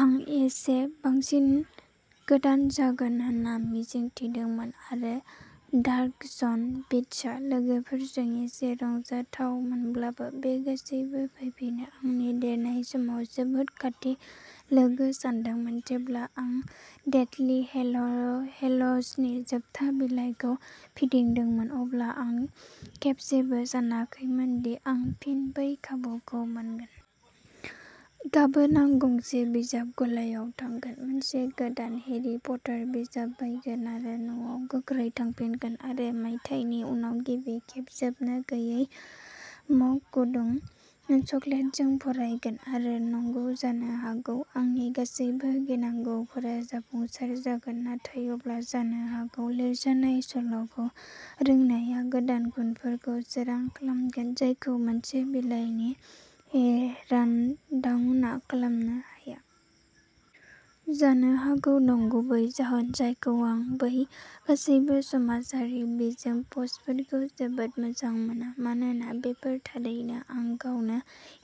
आं इसे बांसिन गोदान जागोन होनना मिजिं थिदोंमोन, आरो डार्क जन बिट्सआ लोगोफोरजों एसे रंजाथावमोनब्लाबो, बे गासैबो फैफिनो। आंनि देरनाय समाव जोबोद खाथि लोगो सानदोंमोन। जेब्ला आं डेथलि हेल'जनि जोबथा बिलाइखौ फिदिंदोंमोन, अब्ला आं खेबसेबो सानाखैमोन दि आं फिन बै खाबुखौ मोनगोन। गाबोन आं गंसे बिजाब गलायाव थांगोन, मोनसे गोदान हेरी पटार बिजाब बायगोन आरो न'आव गोख्रै थांफिनगोन आरो मायथाइनि उनाव गिबि खेब जोबनो गैयै मग गुदुं चकलेटजों फरायगोन। आरो नंगौ, जानो हागौ आंनि गासैबो गिनांगौफोरा जाफुंसार जागोन, नाथाय अब्ला जानो हागौ लिरजानाय सल'खौ रोंनाया गोदान गुनफोरखौ सोरां खालामगोन जायखौ मोनसे बिलाइनि रानडाउनआ खालामनो हाया। जानो हागौ। नंगुबै जाहोन जायखौ आं बै गासैबो समाजारि बिजों पस्टफोरखौ जोबोद मोजां मोना, मानोना बेफोर थारैनो आं गावनो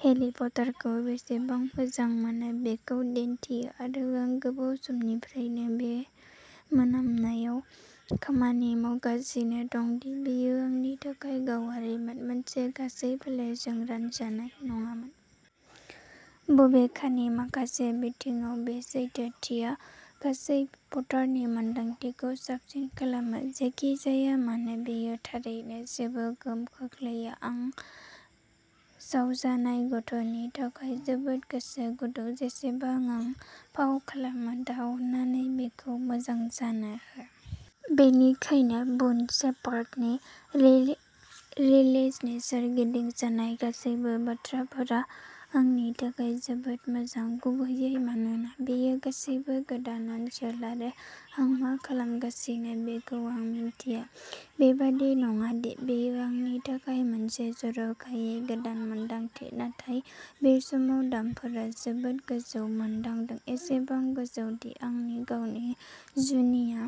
हैरी पटारखौ बेसेबां मोजां मोनो बेखौ दिन्थियो, आरो आं गोबाव समनिफ्रायनो बे मोनामनायाव खामानि मावगासिनो दं दि बेयो आंनि थाखाय गावारिमोन, मोनसे गासै फोलेरजों रानजानाय नङामोन। बबेखानि माखासे बिथिङाव, बे सैथोथिया। गासै पटारनि मोन्दांथिखौ साबसिन खालामो। जेखि जाया मानो, बेयो थारैनो जेबो गोहोम खोख्लैया। आं सावजानाय गथ'नि थाखाय जोबोद गोसो गुदुं, जेसेबां आं फाव खालामो। दा अन्नानै बेखौ मोजां जानो हो। बेनिखायनो बुन शेपार्डनि रिलिजनि सोरगिदिं जानाय गासैबो बाथ्राफोरा आंनि थाखाय जोबोद मोजां, गुबैयै मानोना बेयो गासैबो गोदान ओनसोल आरो आं मा खालामगासिनो बेखौ आं मिन्थिया। बेबादि नङा दि बेयो आंनि थाखाय मोनसे जर'खायै गोदान मोनदांथि, नाथाय बे समाव दामफोरा जोबोद गोजौ मोनदांदों, एसेबां गोजौ दि आंनि गावनि जुनिया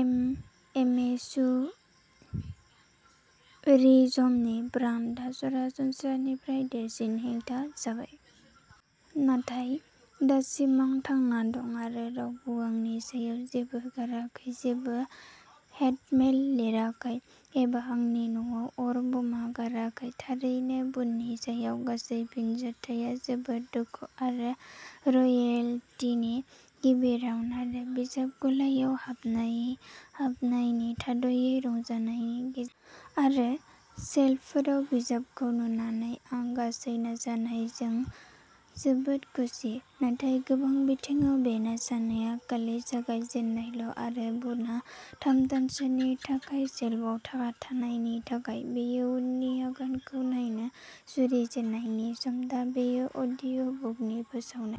एमेचुरिज्मनि ब्रान्डआ सरासनस्रानिफ्राय देरसिन हेंथा जाबाय। नाथाय, दासिम आं थांना दं आरो रावबो आंनि सायाव जेबो गाराखै, जेबो हेटमेल लिराखै एबा आंनि न'आव अर बमा गाराखै। थारैनो, बुननि सायाव गासै फिनजाथाया जोबोद गुदुं, आरो रयेल्टीनि गिबि राउन्ड आरो बिजाब गलायाव हाबनायनि थाद'यै रंजानायनि गेजेराव। आरो शेल्फफोराव बिजाबखौ नुनानै आं गासै नाजानायजों जोबोद खुसि। नाथाय गोबां बिथिङाव बे नाजानाया खालि जागायजेन्नायल'आरो बुनआ थाम दानसोनि थाखाय शेल्फआव थानायनि थाखाय, बेयो उननि आगानखौ नायनो जुरिजेननायनि सम। दा बेयो अडिअ'बुकनि फोसावनाय।